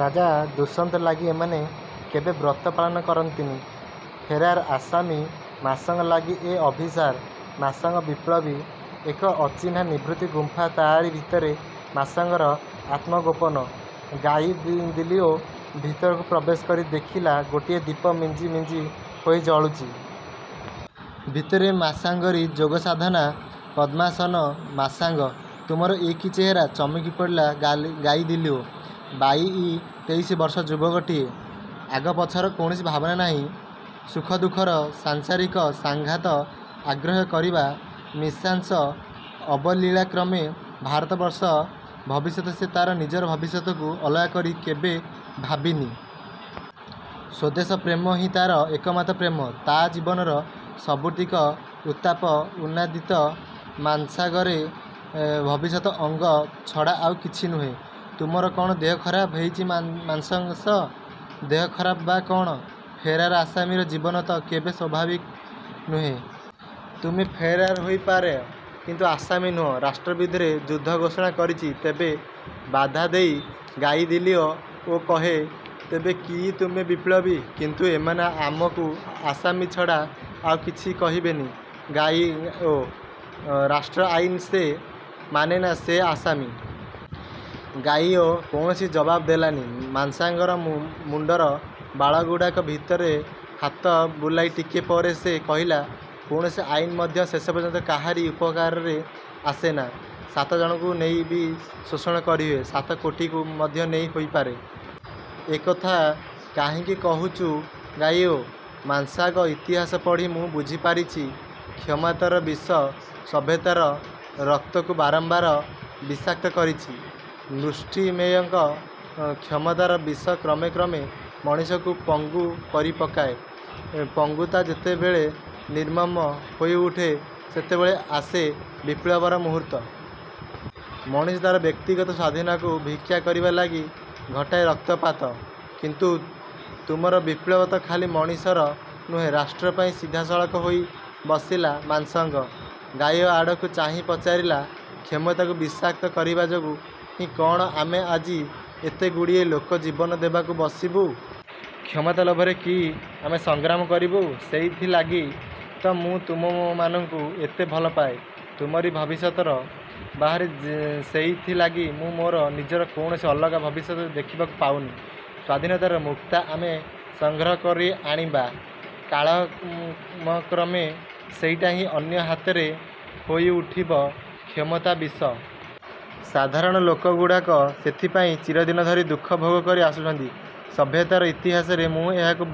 ରାଜା ଦୁଷନ୍ତ ଲାଗି ଏମାନେ କେବେ ବ୍ରତ ପାଳନ କରିନ୍ତିନି। ଫେରାର ଆସାମୀ ମାଶାଙ୍ଗ ଲାଗି ଏ ଅଭିସାର। ମାଶାଙ୍ଗ ବିପ୍ଳବୀ। ଏକ ଅଚିହ୍ନା ନିଭୃତି ଗୁମ୍ପା। ତାରି ଭିତରେ ମାଶାଙ୍ଗର ଆତ୍ମଗୋପନ। ଗାଇଦିଲିଓ ଭିତରକୁ ପ୍ରବେଶ କରି ଦେଖିଲା ଗୋଟିଏ ଦୀପ ମିଞ୍ଜି ମିଞ୍ଜି ହୋଇ ଜଳୁଚି। ଭିତରେ ମାଶାଙ୍ଗରୀ ଯୋଗସାଧନା। ପଦ୍ମାସନ। –ମାଶାଂଗ! ତୁମର ଏ କି ଚେହେରା? ଚମକି ପଡ଼ିଲା ଗାଇଦିଲିଓ। ବାଇଇ ତେଇଶ ବର୍ଷ ଯୁବକଟିଏ। ଆଗ ପଛର କୌଣସି ଭାବନା ନାହିଁ। ସୁଖ ଦୁଃଖର ସାଂସାରିକ ସଂଘାତ ଆଗ୍ରାହ୍ୟ କରିଲା ମୀଶାଂଶ ଅବଲୀଳାକ୍ରମେ। ଭାରତବର୍ଷ ଭବିଷ୍ୟତ ସେ ତାର ନିଜର ଭବିଷ୍ୟତକୁ ଅଲଗା କରି କେବେ ଭାବିନି। ସ୍ୱଦେଶପ୍ରେମ ହିଁ ତାର ଏକମାତ୍ର ପ୍ରେମ। ତା ଜୀବନର ସବୁଟିକ ଉତ୍ତାପ ଉନ୍ନାଦିତ ମାଶାଂଗରେ ଭବିଷ୍ୟତ ଅଙ୍ଗ ଛଡ଼ା ଆଉ କିଛି ନୁହେଁ। –ତୁମର କ'ଣ ଦେହ ଖରାପ ହେଇଛି ମାଶଂଶ! –ଦେହ ଖରାପ ବା କ'ଣ? ଫେରାର ଆସାମୀର ଜୀବନ ତ କେବେ ସ୍ୱାଭାବିକ ନୁହେଁ-। –ତୁମେ ଫେରାର ହୋଇପାର କିନ୍ତୁ ଆସାମୀ ନୁହଁ। –ରାଷ୍ଟ୍ର ବିରୁଦ୍ଧରେ ଯୁଦ୍ଧ ଘୋଷଣା କରିଛି ତେବେ? ବାଧା ଦେଇ ଗାଇଦିଲିଓ ଓ କହେ, ତେବେ ବି ତୁମେ ବିପ୍ଳବୀ! କିନ୍ତୁ ଏମାନେ ଆମକୁ ଆସାମୀ ଛଡ଼ା ଆଉ କିଛି କହିବେନି ଗାଇଓ! ରାଷ୍ଟ୍ର ଆଇନ ସେ ମାନେନା ସେ ଆସାମୀ। ଗାଇଓ କୌଣସି ଜବାବ ଦେଲାନି। ମାଶାଂଗର ମୁଣ୍ଡର ବାଳଗୁଡ଼ାକ ଭିତରେ ହାତ ବୁଲାଉ ଟିକେ ପରେ ସେ କହିଲା, କୌଣସି ଆଇନ ମଧ୍ୟ ଶେଷ ପର୍ଯ୍ୟନ୍ତ କାହାରି ଉପକାରରେ ଆସେନା। ସାତ ଜଣକୁ ନେଇ ବି ଶୋଷଣ କରିହୁଏ, ସାତ କୋଟିକୁ ମଧ୍ୟ ନେଇ ହୋଇପାରେ। –ଏ କଥା କାହିଁକି କହୁଛୁ ଗାଇଓ? –ମାଶାଂଗ! ଇତିହାସ ପଢ଼ି ମୁଁ ବୁଝିପାରିଛି, କ୍ଷମତାର ବିଷ ସଭ୍ୟତାର ରକ୍ତକୁ ବାରମ୍ୱାର ବିଷାକ୍ତ କରିଚି। ମୃଷ୍ଟିମେୟଙ୍କ କ୍ଷମତାର ବିଷ କ୍ରମେ କ୍ରମେ ମଣିଷକୁ ପଙ୍ଗୁ କରିପକାଏ-। ପଙ୍ଗୁତା ଯେତେବେଳେ ନିର୍ମମ ହୋଇଉଠେ, ସେତେବେଳେ ଆସେ ବିପ୍ଳବର ମୁହୂର୍ତ୍ତ। ମଣିଷ ତାର ବ୍ୟକ୍ତିଗତ ସ୍ୱାଧୀନତାକୁ ଭିକ୍ଷା କରିବା ଲାଗି ଘଟାଏ ରକ୍ତପାତ। କିନ୍ତୁ ତୁମର ବିପ୍ଳବ ତ ଖାଲି ମଣିଷର ନୁହଁ, ରାଷ୍ଟ୍ର ପାଇଁ। ସିଧା ସଳଖ ହୋଇ ବସିଲା ମାଶଂଗ। ଗାଇଓ ଆଡ଼କୁ ଚାହିଁ ପଚାରିଲା–କ୍ଷମତାକୁ ବିଷାକ୍ତ କରିବା ଯୋଗୁଁ ହିଁ କ'ଣ ଆମେ ଆଜି ଏତେଗୁଡ଼ିଏ ଲୋକ ଜୀବନ ଦେବାକୁ ବସିବୁ? କ୍ଷମତା ଲୋଭରେ କି ଆମେ ସଂଗ୍ରାମ କରିବୁ? –ସେଇଥିଲାଗି ତ ମୁଁ ତୁମମାନଙ୍କୁ ଏତେ ଭଲପାଏ। ତୁମରି ଭବିଷ୍ୟତର ବାହାରେ ସେଇଥିଲାଗି ମୁଁ ମୋର ନିଜର କୌଣସି ଅଲଗା ଭବିଷ୍ୟତ ଦେଖିବାକୁ ପାଉନି ସ୍ୱାଧୀନତାର ମୁକ୍ତା ଆମେ ସଂଗ୍ରହ କରି ଆଣିବା, କାଳମକ୍ରମେ ସେଇଟା ହିଁ ଅନ୍ୟ ହାତରେ ହୋଇଉଠିବ କ୍ଷମତା ବିଷ-। ସାଧାରଣ ଲୋକଗୁଡ଼ାକ ସେଇଥିପାଇଁ ଚିରଦିନ ଧରି ଦୁଃଖ ଭୋଗ କରି ଆସୁଛନ୍ତି। ସଭ୍ୟତାର ଇତିହାସରେ ମୁଁ ଏହାଠୁ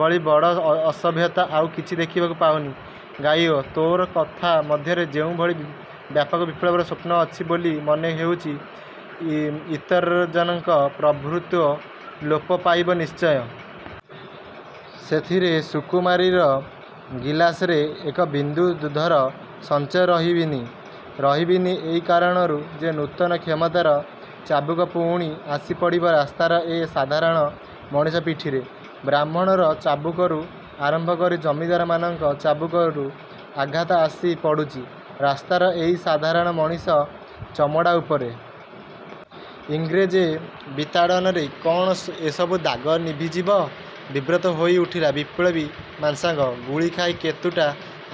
ବଳି ବଡ଼ ଅସଭ୍ୟତା ଆଉ କିଛି ଦେଖିବାକୁ ପାଉନି। –ଗାଇଓ! ତୋର କଥା ମଧ୍ୟରେ ଯେଭଳି ବ୍ୟାପକ ବିପ୍ଳବର ସ୍ୱପ୍ନ ଅଛି ବୋଲି ମନେ ହେଉଛି। –ଇତରଜନଙ୍କ ପ୍ରଭୃତ୍ୱ ଲୋପ ପାଇବ ନିଶ୍ଚୟ। ସେଥିରେ ସୁକୁମାରୀର ଗିଲାସରେ ଏକ ବିନ୍ଦୁ ଦୁଧର ସଞ୍ଚୟ ରହିବିନି। ରହିବିନି ଏଇ କାରଣରୁ ଯେ ନୂତନ କ୍ଷମତାର ଚାବୁକ ପୁଣି ଆସି ପଡ଼ିବ ରାସ୍ତାର ଏ ସାଧାରଣ ମଣିଷ ପିଠିରେ। ବ୍ରାହ୍ମଣର ଚାବୁକରୁ ଆରମ୍ଭ କରି ଜମିଦାରମାନଙ୍କ ଚାବୁକରୁ ଆଘାତ ଆସି ପଡ଼ୁଛି ରାସ୍ତାର ଏଇ ସାଧାରଣ ମଣିଷ ଚମଡ଼ା ଉପରେ-। ଇଂରେଜ ବିତାଡ଼ନରେ କ'ଣ ଏସବୁ ଦାଗ ନିଭିଯିବ? ବିବ୍ରତ ହୋଇଉଠିଲା ବିପ୍ଳବୀ ମାଶାଂଗ। ଗୁଳି ଖାଇ କେତୁଟା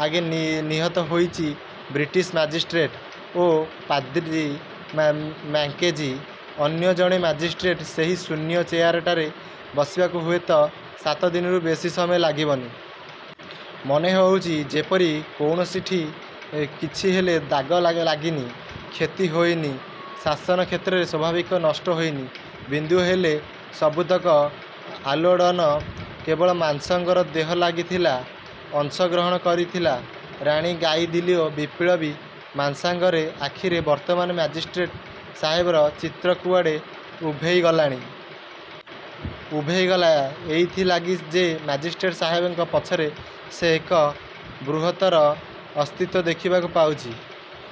ଆଗେ ନିହତ ହୋଇଛି ବ୍ରିଟିଶ ମାଜିଷ୍ଟ୍ରେଟ ଓ ପାଦ୍ରୀ ମାକେଂଜି। ଅନ୍ୟ ଜଣେ ମାଜିଷ୍ଟ୍ରେଟ ସେହି ଶୂନ୍ୟ ଚେୟାରଟାରେ ବସିବାକୁ ହୁଏତ ସାତ ଦିନରୁ ବେଶି ସମୟ ଲାଗିବନି। ମନେ ହେଉଛି ଯେପରି କୌଣସିଠି କିଛିହେଲେ ଦାଗ ଲାଗିନି। କ୍ଷତି ହୋଇନି ଶାସନକ୍ଷେତ୍ରରେ। ସ୍ୱାଭାବିକ ନଷ୍ଟ ହୋଇନି ବିନ୍ଦୁଏ ହେଲେ। ସବୁତକ ଆଲୋଡ଼ନ କେବଳ ମାଶଂଗର ଦେହ ଲାଗି ଥିଲା? ଅଂଶ ଗ୍ରହଣ କରିଥିଲା ରାଣୀ ଗାଇଦିଲିଓ। ବିପ୍ଳବୀ ମାଶାଂଗରେ ଆଖିରେ ବର୍ତ୍ତମାନ ମାଜିଷ୍ଟ୍ରେଟ ସାହେବର ଚିତ୍ର କୁଆଡ଼େ ଉଭେଇ ଗଲାଣି। ଉଭେଇଗଲା। ଏଇଥିଲାଗି ଯେ ମାଜିଷ୍ଟ୍ରେଟ ସାହେବଙ୍କ ପଛରେ ସେ ଏକ ବୃହତ୍ତର ଅସ୍ତିତ୍ୱ ଦେଖିବାକୁ ପାଉଛି।